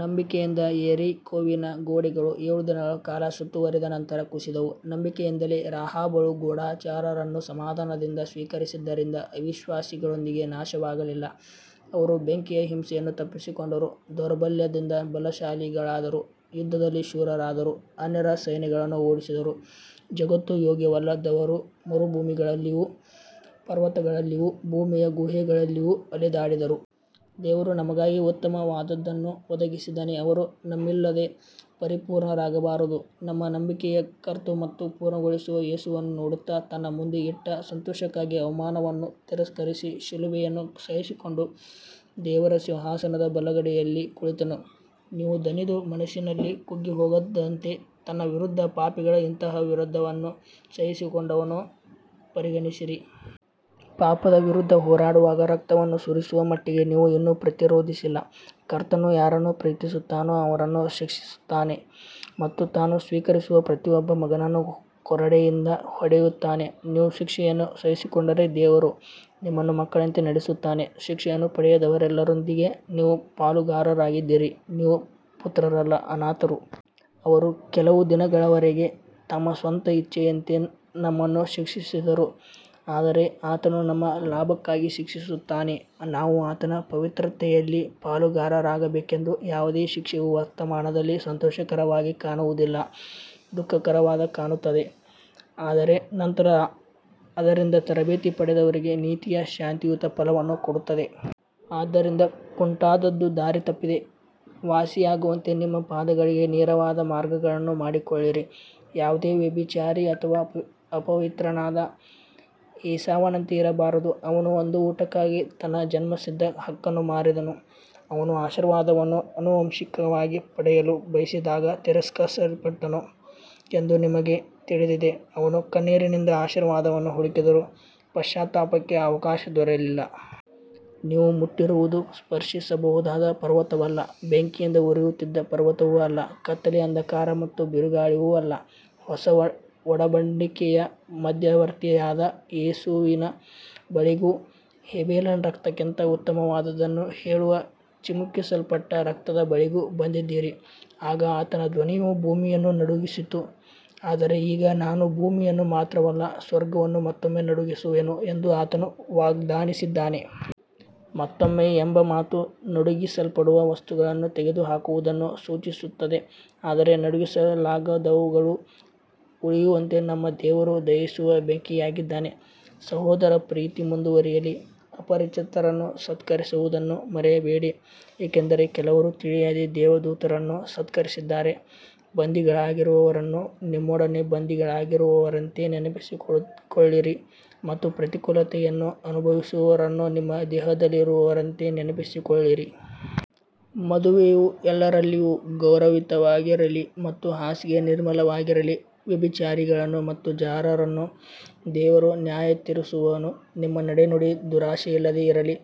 ನಂಬಿಕೆಯಿಂದ ಯೆರಿಕೋವಿನ ಗೋಡೆಗಳು ಏಳು ದಿನಗಳ ಕಾಲ ಸುತ್ತುವರಿದ ನಂತರ ಕುಸಿದವು. ನಂಬಿಕೆಯಿಂದಲೇ ರಾಹಾಬಳು ಗೂಢಚಾರರನ್ನು ಸಮಾಧಾನದಿಂದ ಸ್ವೀಕರಿಸಿದ್ದರಿಂದ ಅವಿಶ್ವಾಸಿಗಳೊಂದಿಗೆ ನಾಶವಾಗಲಿಲ್ಲ. ಅವರು ಬೆಂಕಿಯ ಹಿಂಸೆಯನ್ನು ತಪ್ಪಿಸಿಕೊಂಡರು, ದೌರ್ಬಲ್ಯದಿಂದ ಬಲಶಾಲಿಗಳಾದರು, ಯುದ್ಧದಲ್ಲಿ ಶೂರರಾದರು, ಅನ್ಯರ ಸೈನ್ಯಗಳನ್ನು ಓಡಿಸಿದರು. ಜಗತ್ತು ಯೋಗ್ಯವಲ್ಲದವರು ಮರುಭೂಮಿಗಳಲ್ಲಿಯೂ ಪರ್ವತಗಳಲ್ಲಿಯೂ ಭೂಮಿಯ ಗುಹೆಗಳಲ್ಲಿಯೂ ಅಲೆದಾಡಿದರು. ದೇವರು ನಮಗಾಗಿ ಉತ್ತಮವಾದದ್ದನ್ನು ಒದಗಿಸಿದ್ದಾನೆ, ಅವರು ನಮ್ಮಿಲ್ಲದೆ ಪರಿಪೂರ್ಣರಾಗಬಾರದು. ನಮ್ಮ ನಂಬಿಕೆಯ ಕರ್ತೃ ಮತ್ತು ಪೂರ್ಣಗೊಳಿಸುವ ಯೇಸುವನ್ನು ನೋಡುತ್ತಾ, ತನ್ನ ಮುಂದೆ ಇಟ್ಟ ಸಂತೋಷಕ್ಕಾಗಿ ಅವಮಾನವನ್ನು ತಿರಸ್ಕರಿಸಿ ಶಿಲುಬೆಯನ್ನು ಸಹಿಸಿಕೊಂಡು ದೇವರ ಸಿಂಹಾಸನದ ಬಲಗಡೆಯಲ್ಲಿ ಕುಳಿತನು. ನೀವು ದಣಿದು ಮನಸ್ಸಿನಲ್ಲಿ ಕುಗ್ಗಿಹೋಗದಂತೆ ತನ್ನ ವಿರುದ್ಧ ಪಾಪಿಗಳ ಇಂತಹ ವಿರೋಧವನ್ನು ಸಹಿಸಿಕೊಂಡವನನ್ನು ಪರಿಗಣಿಸಿರಿ. ಪಾಪದ ವಿರುದ್ಧ ಹೋರಾಡುವಾಗ ರಕ್ತವನ್ನು ಸುರಿಸುವ ಮಟ್ಟಿಗೆ ನೀವು ಇನ್ನೂ ಪ್ರತಿರೋಧಿಸಿಲ್ಲ. ಕರ್ತನು ಯಾರನ್ನು ಪ್ರೀತಿಸುತ್ತಾನೋ ಅವರನ್ನು ಶಿಕ್ಷಿಸುತ್ತಾನೆ ಮತ್ತು ತಾನು ಸ್ವೀಕರಿಸುವ ಪ್ರತಿಯೊಬ್ಬ ಮಗನನ್ನು ಕೊರಡೆಯಿಂದ ಹೊಡೆಯುತ್ತಾನೆ. ನೀವು ಶಿಕ್ಷೆಯನ್ನು ಸಹಿಸಿಕೊಂಡರೆ ದೇವರು ನಿಮ್ಮನ್ನು ಮಕ್ಕಳಂತೆ ನಡೆಸುತ್ತಾನೆ. ಶಿಕ್ಷೆಯನ್ನು ಪಡೆಯದವರೆಲ್ಲರೊಂದಿಗೆ ನೀವು ಪಾಲುಗಾರರಾಗಿದ್ದರೆ ನೀವು ಪುತ್ರರಲ್ಲ, ಅನಾಥರು. ಅವರು ಕೆಲವು ದಿನಗಳವರೆಗೆ ತಮ್ಮ ಸ್ವಂತ ಇಚ್ಛೆಯಂತೆ ನಮ್ಮನ್ನು ಶಿಕ್ಷಿಸಿದರು, ಆದರೆ ಆತನು ನಮ್ಮ ಲಾಭಕ್ಕಾಗಿ ಶಿಕ್ಷಿಸುತ್ತಾನೆ, ನಾವು ಆತನ ಪವಿತ್ರತೆಯಲ್ಲಿ ಪಾಲುಗಾರರಾಗಬೇಕೆಂದು. ಯಾವುದೇ ಶಿಕ್ಷೆಯು ವರ್ತಮಾನದಲ್ಲಿ ಸಂತೋಷಕರವಾಗಿ ಕಾಣುವುದಿಲ್ಲ, ದುಃಖಕರವಾಗಿ ಕಾಣುತ್ತದೆ. ಆದರೆ ನಂತರ ಅದರಿಂದ ತರಬೇತಿ ಪಡೆದವರಿಗೆ ನೀತಿಯ ಶಾಂತಿಯುತ ಫಲವನ್ನು ಕೊಡುತ್ತದೆ. ಆದ್ದರಿಂದ ಕುಂಟಾದದ್ದು ದಾರಿ ತಪ್ಪದೆ ವಾಸಿಯಾಗುವಂತೆ ನಿಮ್ಮ ಪಾದಗಳಿಗೆ ನೇರವಾದ ಮಾರ್ಗಗಳನ್ನು ಮಾಡಿಕೊಳ್ಳಿರಿ. ಯಾವುದೇ ವ್ಯಭಿಚಾರಿ ಅಥವಾ ಅಪವಿತ್ರನಾದ ಏಸಾವನಂತೆ ಇರಬಾರದು, ಅವನು ಒಂದು ಊಟಕ್ಕಾಗಿ ತನ್ನ ಜನ್ಮಸಿದ್ಧ ಹಕ್ಕನ್ನು ಮಾರಿದನು. ಅವನು ಆಶೀರ್ವಾದವನ್ನು ಆನುವಂಶಿಕವಾಗಿ ಪಡೆಯಲು ಬಯಸಿದಾಗ ತಿರಸ್ಕರಿಸಲ್ಪಟ್ಟನು ಎಂದು ನಿಮಗೆ ತಿಳಿದಿದೆ. ಅವನು ಕಣ್ಣೀರಿನಿಂದ ಆಶೀರ್ವಾದವನ್ನು ಹುಡುಕಿದರೂ ಪಶ್ಚಾತ್ತಾಪಕ್ಕೆ ಅವಕಾಶ ದೊರೆಯಲಿಲ್ಲ. ನೀವು ಮುಟ್ಟಿರುವುದು ಸ್ಪರ್ಶಿಸಬಹುದಾದ ಪರ್ವತವಲ್ಲ, ಬೆಂಕಿಯಿಂದ ಉರಿಯುತ್ತಿದ್ದ ಪರ್ವತವೂ ಅಲ್ಲ, ಕತ್ತಲೆ, ಅಂಧಕಾರ ಮತ್ತು ಬಿರುಗಾಳಿಯೂ ಅಲ್ಲ. ಹೊಸ ಒಡಂಬಡಿಕೆಯ ಮಧ್ಯವರ್ತಿಯಾದ ಯೇಸುವಿನ ಬಳಿಗೂ, ಹೇಬೆಲನ ರಕ್ತಕ್ಕಿಂತ ಉತ್ತಮವಾದದ್ದನ್ನು ಹೇಳುವ ಚಿಮುಕಿಸಲ್ಪಟ್ಟ ರಕ್ತದ ಬಳಿಗೂ ಬಂದಿದ್ದೀರಿ. ಆಗ ಆತನ ಧ್ವನಿಯು ಭೂಮಿಯನ್ನು ನಡುಗಿಸಿತು, ಆದರೆ ಈಗ ನಾನು ಭೂಮಿಯನ್ನು ಮಾತ್ರವಲ್ಲ, ಸ್ವರ್ಗವನ್ನೂ ಮತ್ತೊಮ್ಮೆ ನಡುಗಿಸುವೆನು ಎಂದು ಆತನು ವಾಗ್ದಾನಿಸಿದ್ದಾನೆ. ಮತ್ತೊಮ್ಮೆ ಎಂಬ ಮಾತು ನಡುಗಿಸಲ್ಪಡುವ ವಸ್ತುಗಳನ್ನು ತೆಗೆದುಹಾಕುವುದನ್ನು ಸೂಚಿಸುತ್ತದೆ, ಅಂದರೆ ನಡುಗಿಸಲಾಗದವುಗಳು ಉಳಿಯುವಂತೆ. ನಮ್ಮ ದೇವರು ದಹಿಸುವ ಬೆಂಕಿಯಾಗಿದ್ದಾನೆ. ಸಹೋದರ ಪ್ರೀತಿ ಮುಂದುವರಿಯಲಿ. ಅಪರಿಚಿತರನ್ನು ಸತ್ಕರಿಸುವುದನ್ನು ಮರೆಯಬೇಡಿ, ಏಕೆಂದರೆ ಕೆಲವರು ತಿಳಿಯದೆ ದೇವದೂತರನ್ನು ಸತ್ಕರಿಸಿದ್ದಾರೆ. ಬಂಧಿಗಳಾಗಿರುವವರನ್ನು ನಿಮ್ಮೊಡನೆ ಬಂಧಿಗಳಾಗಿರುವವರಂತೆ ನೆನಪಿಸಿಕೊಳ್ಳಿರಿ ಮತ್ತು ಪ್ರತಿಕೂಲತೆಯನ್ನು ಅನುಭವಿಸುವವರನ್ನು ನಿಮ್ಮ ದೇಹದಲ್ಲಿರುವವರಂತೆ ನೆನಪಿಸಿಕೊಳ್ಳಿರಿ. ಮದುವೆಯು ಎಲ್ಲರಲ್ಲಿಯೂ ಗೌರವಯುತವಾಗಿರಲಿ ಮತ್ತು ಹಾಸಿಗೆ ನಿರ್ಮಲವಾಗಿರಲಿ. ವ್ಯಭಿಚಾರಿಗಳನ್ನು ಮತ್ತು ಜಾರರನ್ನು ದೇವರು ನ್ಯಾಯತೀರಿಸುವನು. ನಿಮ್ಮ ನಡೆನುಡಿ ದುರಾಶೆಯಿಲ್ಲದೆ ಇರಲಿ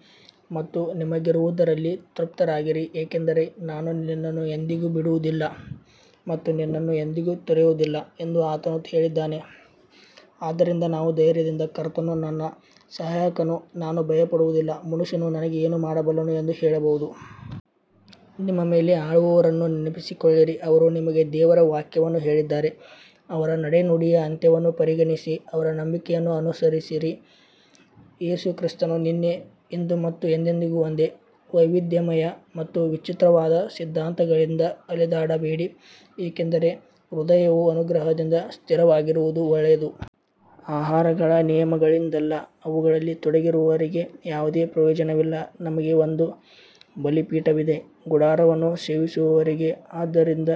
ಮತ್ತು ನಿಮಗಿರುವುದರಲ್ಲಿ ತೃಪ್ತರಾಗಿರಿ, ಏಕೆಂದರೆ ನಾನು ನಿನ್ನನ್ನು ಎಂದಿಗೂ ಬಿಡುವುದಿಲ್ಲ ಮತ್ತು ನಿನ್ನನ್ನು ಎಂದಿಗೂ ತೊರೆಯುವುದಿಲ್ಲ ಎಂದು ಆತನು ಹೇಳಿದ್ದಾನೆ. ಆದ್ದರಿಂದ ನಾವು ಧೈರ್ಯದಿಂದ ಕರ್ತನು ನನ್ನ ಸಹಾಯಕನು, ನಾನು ಭಯಪಡುವುದಿಲ್ಲ, ಮನುಷ್ಯನು ನನಗೆ ಏನು ಮಾಡಬಲ್ಲನು ಎಂದು ಹೇಳಬಹುದು. ನಿಮ್ಮ ಮೇಲೆ ಆಳುವವರನ್ನು ನೆನಪಿಸಿಕೊಳ್ಳಿರಿ, ಅವರು ನಿಮಗೆ ದೇವರ ವಾಕ್ಯವನ್ನು ಹೇಳಿದ್ದಾರೆ. ಅವರ ನಡೆನುಡಿಯ ಅಂತ್ಯವನ್ನು ಪರಿಗಣಿಸಿ ಅವರ ನಂಬಿಕೆಯನ್ನು ಅನುಸರಿಸಿರಿ. ಯೇಸು ಕ್ರಿಸ್ತನು ನಿನ್ನೆ, ಇಂದು ಮತ್ತು ಎಂದೆಂದಿಗೂ ಒಂದೇ. ವೈವಿಧ್ಯಮಯ ಮತ್ತು ವಿಚಿತ್ರವಾದ ಸಿದ್ಧಾಂತಗಳಿಂದ ಅಲೆದಾಡಬೇಡಿ, ಏಕೆಂದರೆ ಹೃದಯವು ಅನುಗ್ರಹದಿಂದ ಸ್ಥಿರವಾಗಿರುವುದು ಒಳ್ಳೆಯದು. ಆಹಾರಗಳ ನಿಯಮಗಳಿಂದಲ್ಲ, ಅವುಗಳಲ್ಲಿ ತೊಡಗಿರುವವರಿಗೆ ಯಾವುದೇ ಪ್ರಯೋಜನವಿಲ್ಲ. ನಮಗೆ ಒಂದು ಬಲಿಪೀಠವಿದೆ, ಗುಡಾರವನ್ನು ಸೇವಿಸುವವರಿಗೆ ಅದರಿಂದ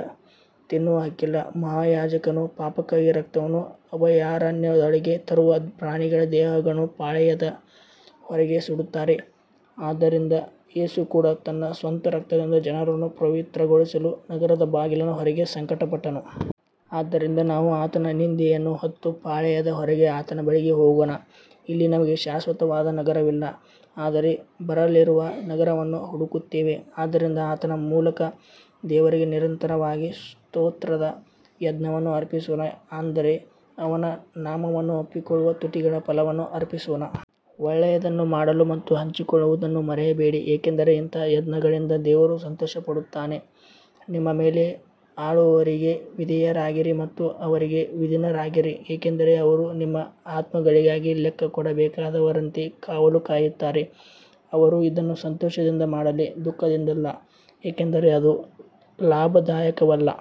ತಿನ್ನುವ ಹಕ್ಕಿಲ್ಲ. ಮಹಾಯಾಜಕನು ಪಾಪಕ್ಕಾಗಿ ರಕ್ತವನ್ನು ಅಭಯಾರಣ್ಯದೊಳಗೆ ತರುವ ಪ್ರಾಣಿಗಳ ದೇಹಗಳನ್ನು ಪಾಳೆಯದ ಹೊರಗೆ ಸುಡುತ್ತಾರೆ. ಆದ್ದರಿಂದ ಯೇಸು ಕೂಡ ತನ್ನ ಸ್ವಂತ ರಕ್ತದಿಂದ ಜನರನ್ನು ಪವಿತ್ರಗೊಳಿಸಲು ನಗರದ ಬಾಗಿಲಿನ ಹೊರಗೆ ಸಂಕಟಪಟ್ಟನು. ಆದ್ದರಿಂದ ನಾವು ಆತನ ನಿಂದೆಯನ್ನು ಹೊತ್ತು ಪಾಳೆಯದ ಹೊರಗೆ ಆತನ ಬಳಿಗೆ ಹೋಗೋಣ. ಇಲ್ಲಿ ನಮಗೆ ಶಾಶ್ವತವಾದ ನಗರವಿಲ್ಲ, ಆದರೆ ಬರಲಿರುವ ನಗರವನ್ನು ಹುಡುಕುತ್ತೇವೆ. ಆದ್ದರಿಂದ ಆತನ ಮೂಲಕ ದೇವರಿಗೆ ನಿರಂತರವಾಗಿ ಸ್ತೋತ್ರದ ಯಜ್ಞವನ್ನು ಅರ್ಪಿಸೋಣ, ಅಂದರೆ ಆತನ ನಾಮವನ್ನು ಒಪ್ಪಿಕೊಳ್ಳುವ ತುಟಿಗಳ ಫಲವನ್ನು ಅರ್ಪಿಸೋಣ. ಒಳ್ಳೆಯದನ್ನು ಮಾಡಲು ಮತ್ತು ಹಂಚಿಕೊಳ್ಳುವುದನ್ನು ಮರೆಯಬೇಡಿ, ಏಕೆಂದರೆ ಇಂಥ ಯಜ್ಞಗಳಿಂದ ದೇವರು ಸಂತೋಷಪಡುತ್ತಾನೆ. ನಿಮ್ಮ ಮೇಲೆ ಆಳುವವರಿಗೆ ವಿಧೇಯರಾಗಿರಿ ಮತ್ತು ಅವರಿಗೆ ಅಧೀನರಾಗಿರಿ, ಏಕೆಂದರೆ ಅವರು ನಿಮ್ಮ ಆತ್ಮಗಳಿಗಾಗಿ ಲೆಕ್ಕ ಕೊಡಬೇಕಾದವರಂತೆ ಕಾವಲು ಕಾಯುತ್ತಾರೆ. ಅವರು ಇದನ್ನು ಸಂತೋಷದಿಂದ ಮಾಡಲಿ, ದುಃಖದಿಂದಲ್ಲ, ಏಕೆಂದರೆ ಅದು ನಿಮಗೆ ಲಾಭದಾಯಕವಲ್ಲ.